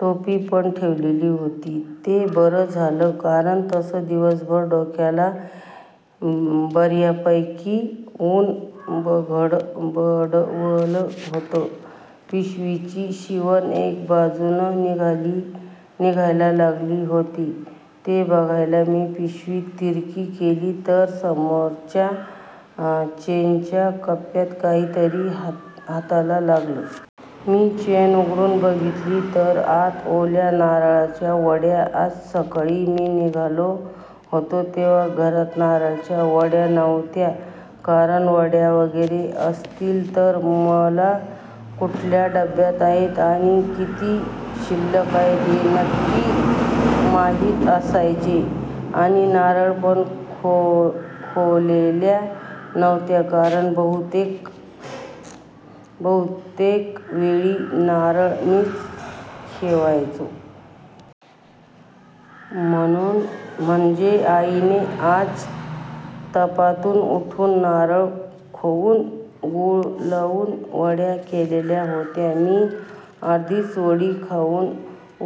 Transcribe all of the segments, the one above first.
टोपी पण ठेवलेली होती ते बरं झालं कारण तसं दिवसभर डोक्याला बर्यापैकी उन बडवलं होतं. पिशवीची शिवण एका बाजूनं निघायला लागली होती ते बघायला मी पिशवी तिरकी केली तर समोरच्या चेनच्या कप्प्यात काहीतरी हाताला लागलं. मी चेन उघडून बघितलं तर आत ओल्या नारळाच्या वड्या. आज सकाळी मी निघालो होतो तेव्हा घरात नारळाच्या वड्या नव्हत्या कारण, वड्या वगैरे असतील तर मला कुठल्या डब्यात आहेत आणि किती शिल्लक आहेत ते नक्की माहिती असायचे आणि नारळ पण खोवलेला नव्हता कारण बहुतेक वेळी नारळ मीच खोवायचो. म्हणजे आईने आज तापातून उठून, नारळ खवून, गूळ घालून वड्या केलेल्या होत्या. मी अर्धीच वडी खाउन,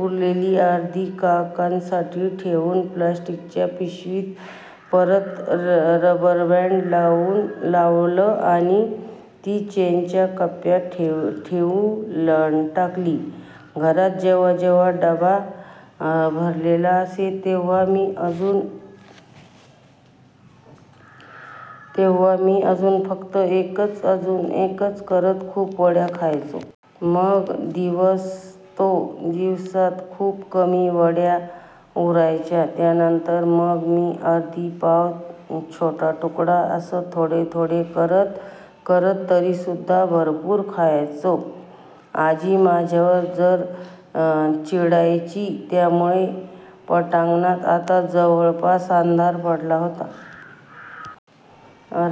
उरलेली अर्धी काकांसाठी ठेवून प्लास्टिकच्या पिशवीला परत रबरबॅंड लावलं आणि ती चेनच्या कप्प्यात ठेवून टाकली. घरात जेव्हाजेव्हा डबा भरलेला असे तेव्हा मी अजून फक्त एकच, अजून एकच करत खूप वड्या खायचो. मग दिवस-दोन दिवसातच खूप कमी वड्या उरायच्या. त्यानंतर मग मी अर्धी, पाव, छोटा तुकडा असं थोडं थोडं करत करत तरीसुद्धा भरपूर खायचो. आजी माझ्यावर जाम चिडायची त्यामुळं. पटांगणात आता जवळपास अंधार पडला होता.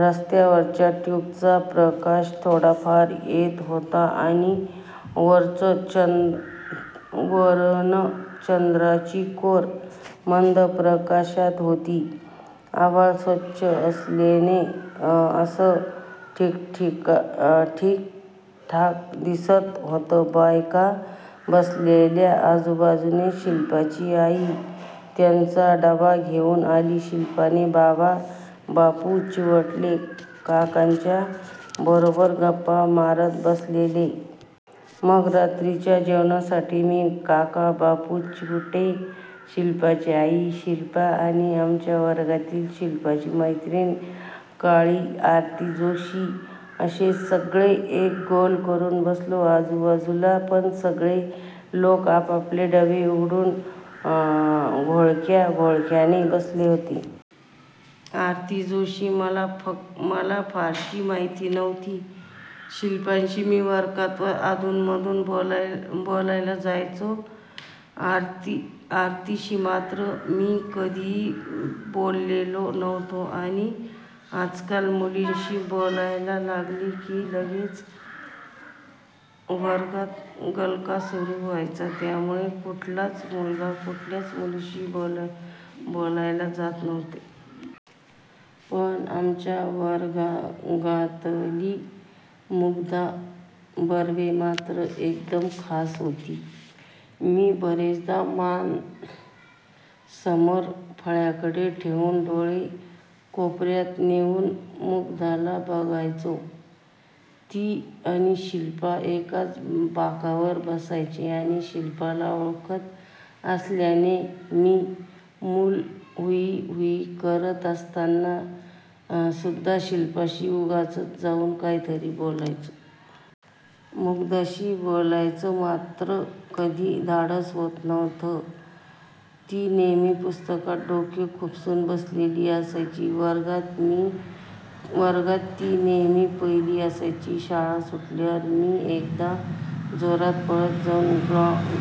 रस्त्यावरच्या ट्युबचा प्रकाश थोडाफार येत होता आणि वरनं चंद्राची कोर मंद प्रकाशत होती. आभाळ स्वच्छ असल्याने तसं ठिकठाक दिसत होतं. बायका बसलेल्या बाजूने शिल्पाची आई त्यांचा डबा घेउन आली. शिल्पाचे बाबा बापू चिवटे काकांच्या बरोबर गप्पा मारत बसलेले. मग रात्रीच्या जेवणासाठी मी, काका, बापू चिवटे, शिल्पाची आई, शिल्पा आणि आमच्या वर्गातली शिल्पीची मैत्रिण काळी आरती जोशी असे सगळे एक गोल करुन बसलो. आजूबाजूला पण सगळे लोक आपापले डबे उघडून घोळक्या-घोळक्याने बसले होते. आरती जोशी मला फारशी माहिती नव्हती. शिल्पाशी मी वर्गात अधूनमधून बोलायला जायचो. आरतीशी मात्र मी कधिही बोललेलो नव्हतो. आणि आजकाल मुलींशी बोलायला लागले की लगेच वर्गात गलका सुरु व्हायचा. त्यामुळे कुठलाच मुलगा कुठल्याच मुलीशी बोलायला जात नव्हता. पण आमच्या वर्गातली मुग्धा बर्वे मात्र एकदम खास होती. मी बरेचदा मान समोर फळ्याकडे ठेवून डोळे कोपर्यात नेउन मुग्धाला बघायचो. ती आणि शिल्पा एकाच बाकावर बसायच्या आणि शिल्पाला ओळखत असल्याने मी मुलं हुइ-हुइ करत असताना सुद्धा शिल्पाशी उगाचच जाउन काहीतरी बोलायचो. मुग्धाशी बोलायचं मात्र कधी धाडसच होत नव्हतं. ती नेहेमी पुस्तकात डोकं खुपसून बसलेली असायची. वर्गात ती नेहेमी पहिली असायची. शाळा सुटल्यावर मी एकदम जोरात पळत जाउन,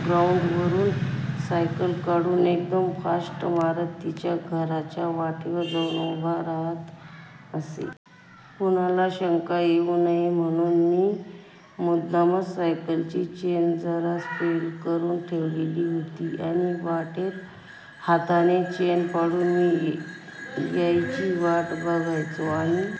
ग्राउंडवरुन सायकल काढून एकदम फास्ट मारत तिच्या घराच्या वाटेवर जाउन उभा राहत असे. कुणाला शंका येउ नये म्हणुन मी मुद्दामूनच सायकलची चेन जरा सैल करुन ठेवलेली होती आणि वाटेत हातानेच चेन पाडून ती यायची वाट बघायचो. आणि